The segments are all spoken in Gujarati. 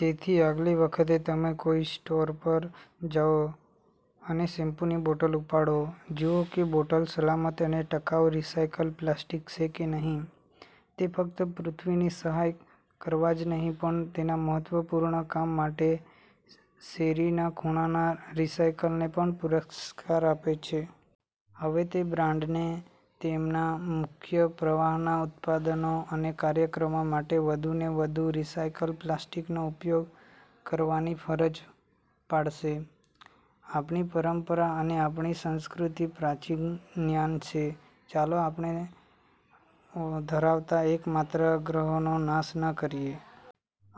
તેથી આગલી વખતે તમે કોઈ સ્ટોર પર જાઓ અને શેમ્પૂની બોટલ ઉપાડો, જુઓ કે બોટલ સલામત અને ટકાઉ રિસાયકલ પ્લાસ્ટિક છે કે નહીં. તે ફક્ત પૃથ્વીની સહાય કરવા જ નહીં પણ તેના મહત્વપૂર્ણ કામ માટે શેરીના ખૂણાના રિસાયકલને પણ પુરસ્કાર આપે છે. હવે તે બ્રાન્ડ્સને તેમના મુખ્ય પ્રવાહના ઉત્પાદનો અને કાર્યક્રમો માટે વધુને વધુ રિસાયકલ પ્લાસ્ટિકનો ઉપયોગ કરવાની ફરજ પાડશે. આપણી પરંપરા અને આપણી સંસ્કૃતિ પ્રાચીન જ્ઞાન છે. ચાલો આપણે ધરાવતા એક માત્ર ગ્રહનો નાશ ન કરીએ.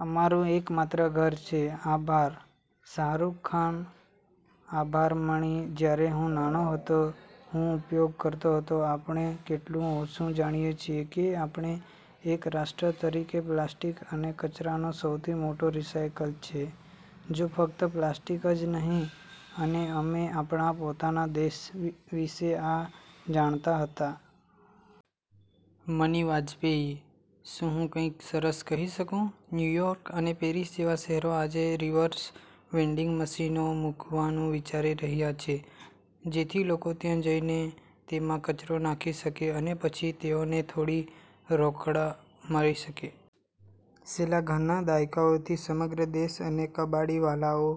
અમારું એક માત્ર ઘર છે. આભાર. શાહરૂખ ખાન: આભાર, મણિ. જ્યારે હું નાનો હતો, હું ઉપયોગ કરતો હતો. આપણે કેટલું ઓછું જાણીએ છીએ કે આપણે એક રાષ્ટ્ર તરીકે, પ્લાસ્ટિક અને કચરોનો સૌથી મોટો રિસાયકલ છે, જો ફક્ત પ્લાસ્ટિક જ નહીં અને અમે આપણા પોતાના દેશ વિશે આ જાણતા ન હતા. મણિ વાજપેયી: શું હું કંઈક સરસ કહી શકું? ન્યુ યોર્ક અને પેરિસ જેવા શહેરો આજે રિવર્સ વેન્ડિંગ મશીનો મૂકવાનું વિચારી રહ્યા છે, જેથી લોકો ત્યાં જઈને તેમાં કચરો નાખી શકે અને પછી તેઓને થોડી રોકડ મળી શકે. છેલ્લા ઘણા દાયકાઓથી, સમગ્ર દેશ અને કબાડીવાલાઓ,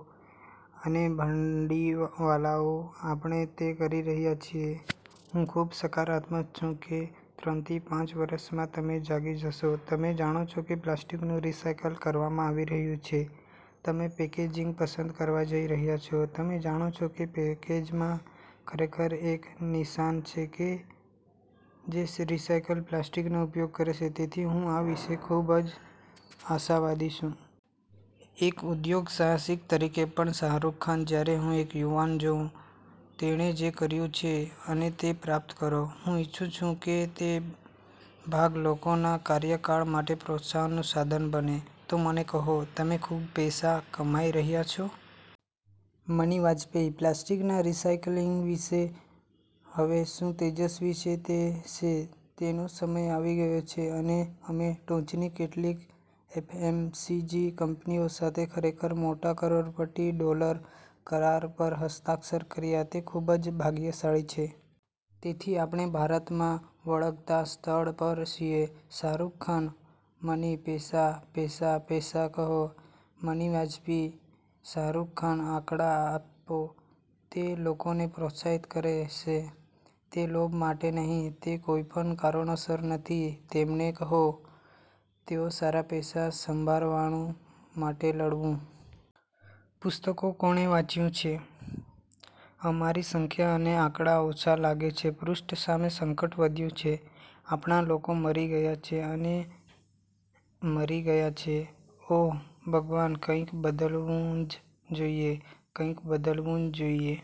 અને ભાંડીવાલાઓ, આપણે તે કરી રહ્યા છીએ. હું ખૂબ સકારાત્મક છું કે ત્રણથી પાંચ વર્ષમાં, તમે જાગી જશો, તમે જાણો છો કે પ્લાસ્ટિકનું રિસાયકલ કરવામાં આવી રહ્યું છે, તમે પેકેજિંગ પસંદ કરવા જઇ રહ્યા છો, તમે જાણો છો કે પેકેજમાં ખરેખર એક નિશાન છે જે રિસાયકલ પ્લાસ્ટિકનો ઉપયોગ કરે છે, તેથી હું આ વિશે ખૂબ જ આશાવાદી છું. એક ઉદ્યોગસાહસિક તરીકે પણ. શાહરૂખખાન:જ્યારે હું એક યુવાન જોઉં, તેણે જે કર્યું છે અને તે પ્રાપ્ત કરો, હું ઇચ્છું છું કે તે ભાગ લોકોના કાર્યકાળ માટે પ્રોત્સાહનનું સાધન બને. તો મને કહો, તમે ખૂબ પૈસા કમાઇ રહ્યા છો? મણિ વાજપેયી: પ્લાસ્ટિકના રિસાયક્લિંગ વિશે હવે શું તેજસ્વી છે તે છે જેનો સમય આવી ગયો છે અને અમે ટોચની કેટલીક એફએમસીજી કંપનીઓ સાથે ખરેખર મોટા, કરોડપતિ ડોલર કરાર પર હસ્તાક્ષર કર્યા તે ખૂબ જ ભાગ્યશાળી છે. તેથી આપણે ભારતમાં વળગતા સ્થળ પર છીએ. શાહરૂખખાન: મની, પૈસા, પૈસા, પૈસા કહો. મણિ વાજપેયી: શાહરૂખખાન, આંકડા આપો તે લોકોને પ્રોત્સાહિત કરશે, તે લોભ માટે નથી, તે કોઈપણ કારણોસર નથી. તેમને કહો. તેઓ સારા પૈસા સંભારણું માટે લડવું. પુસ્તકો કોણે વાંચ્યું છે? અમારી સંખ્યા અને આંકડા ઓછા લાગે છે પૃષ્ઠ સામે સંકટ વધ્યું છે. આપણા લોકો મરી ગયા છે અને મરી ગયા છે. ઓહ, ભગવાન. કંઈક બદલાવું જ જોઇએ. કંઈક બદલાવું જ જોઇએ.